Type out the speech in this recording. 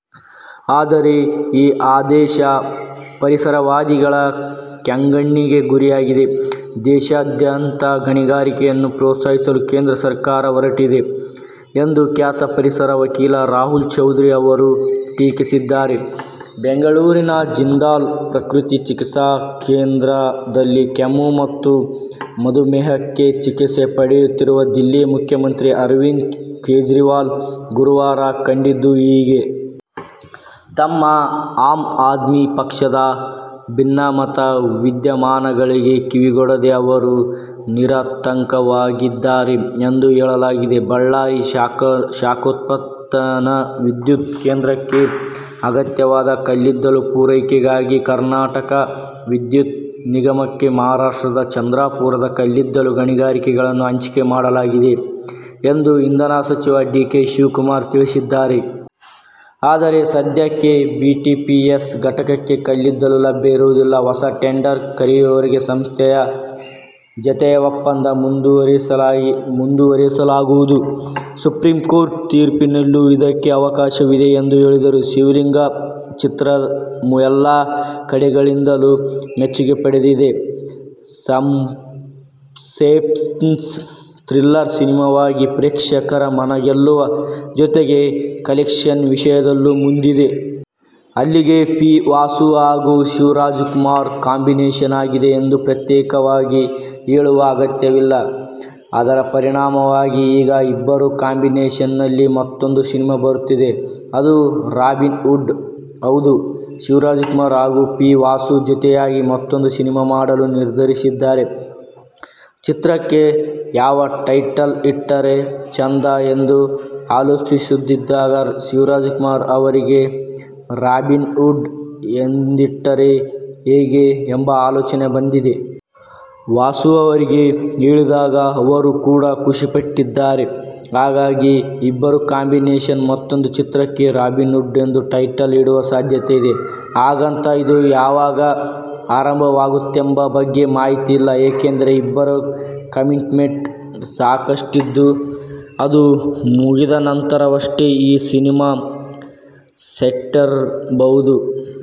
ಆದರೆ ಈ ಆದೇಶ ಪರಿಸರವಾದಿಗಳ ಕೆಂಗಣ್ಣಿಗೆ ಗುರಿಯಾಗಿದೆ. ದೇಶಾದ್ಯಂತ ಗಣಿಗಾರಿಕೆಯನ್ನು ಪ್ರೋತ್ಸಾಹಿಸಲು ಕೇಂದ್ರ ಸರ್ಕಾರ ಹೊರಟಿದೆ ಎಂದು ಖ್ಯಾತ ಪರಿಸರ ವಕೀಲ ರಾಹುಲ್ ಚೌಧರಿ ಅವರು ಟೀಕಿಸಿದ್ದಾರೆ. ಬೆಂಗಳೂರಿನ ಜಿಂದಾಲ್ ಪ್ರಕೃತಿ ಚಿಕಿತ್ಸಾ ಕೇಂದ್ರದಲ್ಲಿ ಕೆಮ್ಮು ಮತ್ತು ಮಧುಮೇಹಕ್ಕೆ ಚಿಕಿತ್ಸೆ ಪಡೆಯುತ್ತಿರುವ ದಿಲ್ಲಿ ಮುಖ್ಯಮಂತ್ರಿ ಅರವಿಂದ ಕೇಜ್ರಿವಾಲ್ ಗುರುವಾರ ಕಂಡಿದ್ದು ಹೀಗೆ. ತಮ್ಮ ಆಮ್ ಆದ್ಮಿ ಪಕ್ಷದ ಭಿನ್ನಮತ ವಿದ್ಯಮಾನಗಳಿಗೆ ಕಿವಿಗೊಡದೇ ಅವರು ನಿರಾತಂಕವಾಗಿದ್ದಾರೆ ಎಂದು ಹೇಳಲಾಗಿದೆ. ಬಳ್ಳಾರಿ ಶಾಖೋತ್ಪನ್ನ ವಿದ್ಯುತ್ ಕೇಂದ್ರಕ್ಕೆ ಅಗತ್ಯವಾದ ಕಲ್ಲಿದ್ದಲು ಪೂರೈಕೆಗಾಗಿ ಕರ್ನಾಟಕ ವಿದ್ಯುತ್ ನಿಗಮಕ್ಕೆ ಮಹಾರಾಷ್ಟ್ರದ ಚಂದ್ರಾಪುರದ ಕಲ್ಲಿದ್ದಲು ಗಣಿಗಳನ್ನು ಹಂಚಿಕೆ ಮಾಡಲಾಗಿದೆ ಎಂದು ಇಂಧನ ಸಚಿವ ಡಿ. ಕೆ. ಶಿವಕುಮಾರ್ ತಿಳಿಸಿದ್ದಾರೆ. ಆದರೆ, ಸದ್ಯಕ್ಕೆ ಬಿಟಿಪಿಎಸ್ ಘಟಕಕ್ಕೆ ಕಲ್ಲಿದ್ದಲು ಲಭ್ಯ ಇರುವುದಿಲ್ಲ. ಹೊಸ ಟೆಂಡರ್ ಕರೆಯುವವರೆಗೂ ಸಂಸ್ಥೆಯ ಜತೆಯ ಒಪ್ಪಂದ ಮುಂದುವರಿಸಲಾಗುವುದು. ಸುಪ್ರೀಂಕೋರ್ಟ್ ತೀರ್ಪಿನಲ್ಲೂ ಇದಕ್ಕೆ ಅವಕಾಶವಿದೆ ಎಂದು ಹೇಳಿದರು. "ಶಿವಲಿಂಗ' ಚಿತ್ರ ಎಲ್ಲಾ ಕಡೆಗಳಿಂದಲೂ ಮೆಚ್ಚುಗೆ ಪಡೆದಿದೆ. ಸಸ್ಪೆನ್ಸ್, ಥ್ರಿಲ್ಲರ್ ಸಿನಿಮಾವಾಗಿ ಪ್ರೇಕ್ಷಕರ ಮನಗೆಲ್ಲುವ ಜೊತೆಗೆ ಕಲೆಕ್ಷನ್ ವಿಷಯದಲ್ಲೂ ಮುಂದಿದೆ. ಅಲ್ಲಿಗೆ ಪಿ. ವಾಸು ಹಾಗೂ ಶಿವರಾಜಕುಮಾರ್ ಕಾಂಬಿನೇಶನ್ ಆಗಿದೆ ಎಂದು ಪ್ರತ್ಯೇಕವಾಗಿ ಹೇಳುವ ಅಗತ್ಯವಿಲ್ಲ. ಅದರ ಪರಿಣಾಮವಾಗಿ ಈಗ ಇಬ್ಬರ ಕಾಂಬಿನೇಶನ್ನಲ್ಲಿ ಮತ್ತೂಂದು ಸಿನಿಮಾ ಬರುತ್ತಿದೆ. ಅದು "ರಾಬಿನ್ ಹುಡ್'. ಹೌದು, ಶಿವರಾಜುಕುಮಾರ್ ಹಾಗೂ ಪಿ. ವಾಸು ಜೊತೆಯಾಗಿ ಮತ್ತೂಂದು ಸಿನಿಮಾ ಮಾಡಲು ನಿರ್ಧರಿಸಿದ್ದಾರೆ. ಚಿತ್ರಕ್ಕೆ ಯಾವ ಟೈಟಲ್ ಇಟ್ಟರೆ ಚೆಂದ ಎಂದು ಆಲೋಚಿಸುತ್ತಿದ್ದಾಗ ಶಿವರಾಜಕುಮಾರ್ ಅವರಿಗೆ "ರಾಬಿನ್ಹುಡ್' ಎಂದಿಟ್ಟರೆ ಹೇಗೆ ಎಂಬ ಆಲೋಚನೆ ಬಂದಿದೆ. ವಾಸು ಅವರಿಗೆ ಹೇಳಿದಾಗ ಅವರು ಕೂಡಾ ಖುಷಿಪಟ್ಟಿದ್ದಾರೆ. ಹಾಗಾಗಿ ಇಬ್ಬರ ಕಾಂಬಿನೇಶನ್ನ ಮತ್ತೂಂದು ಚಿತ್ರಕ್ಕೆ "ರಾಬಿನ್ಹುಡ್' ಎಂದು ಟೈಟಲ್ ಇಡುವ ಸಾಧ್ಯತೆ ಇದೆ. ಹಾಗಂತ ಇದು ಯಾವಾಗ ಆರಂಭವಾಗುತ್ತದೆಂಬ ಬಗ್ಗೆ ಮಾಹಿತಿಯಿಲ್ಲ. ಏಕೆಂದರೆ, ಇಬ್ಬರ ಕಮಿಟ್ಮೆಂಟ್ ಸಾಕಷ್ಟಿದ್ದು, ಅದು ಮುಗಿದ ನಂತರವಷ್ಟೇ ಈ ಸಿನಿಮಾ ಸೆಟ್ಟೇರಬಹುದು.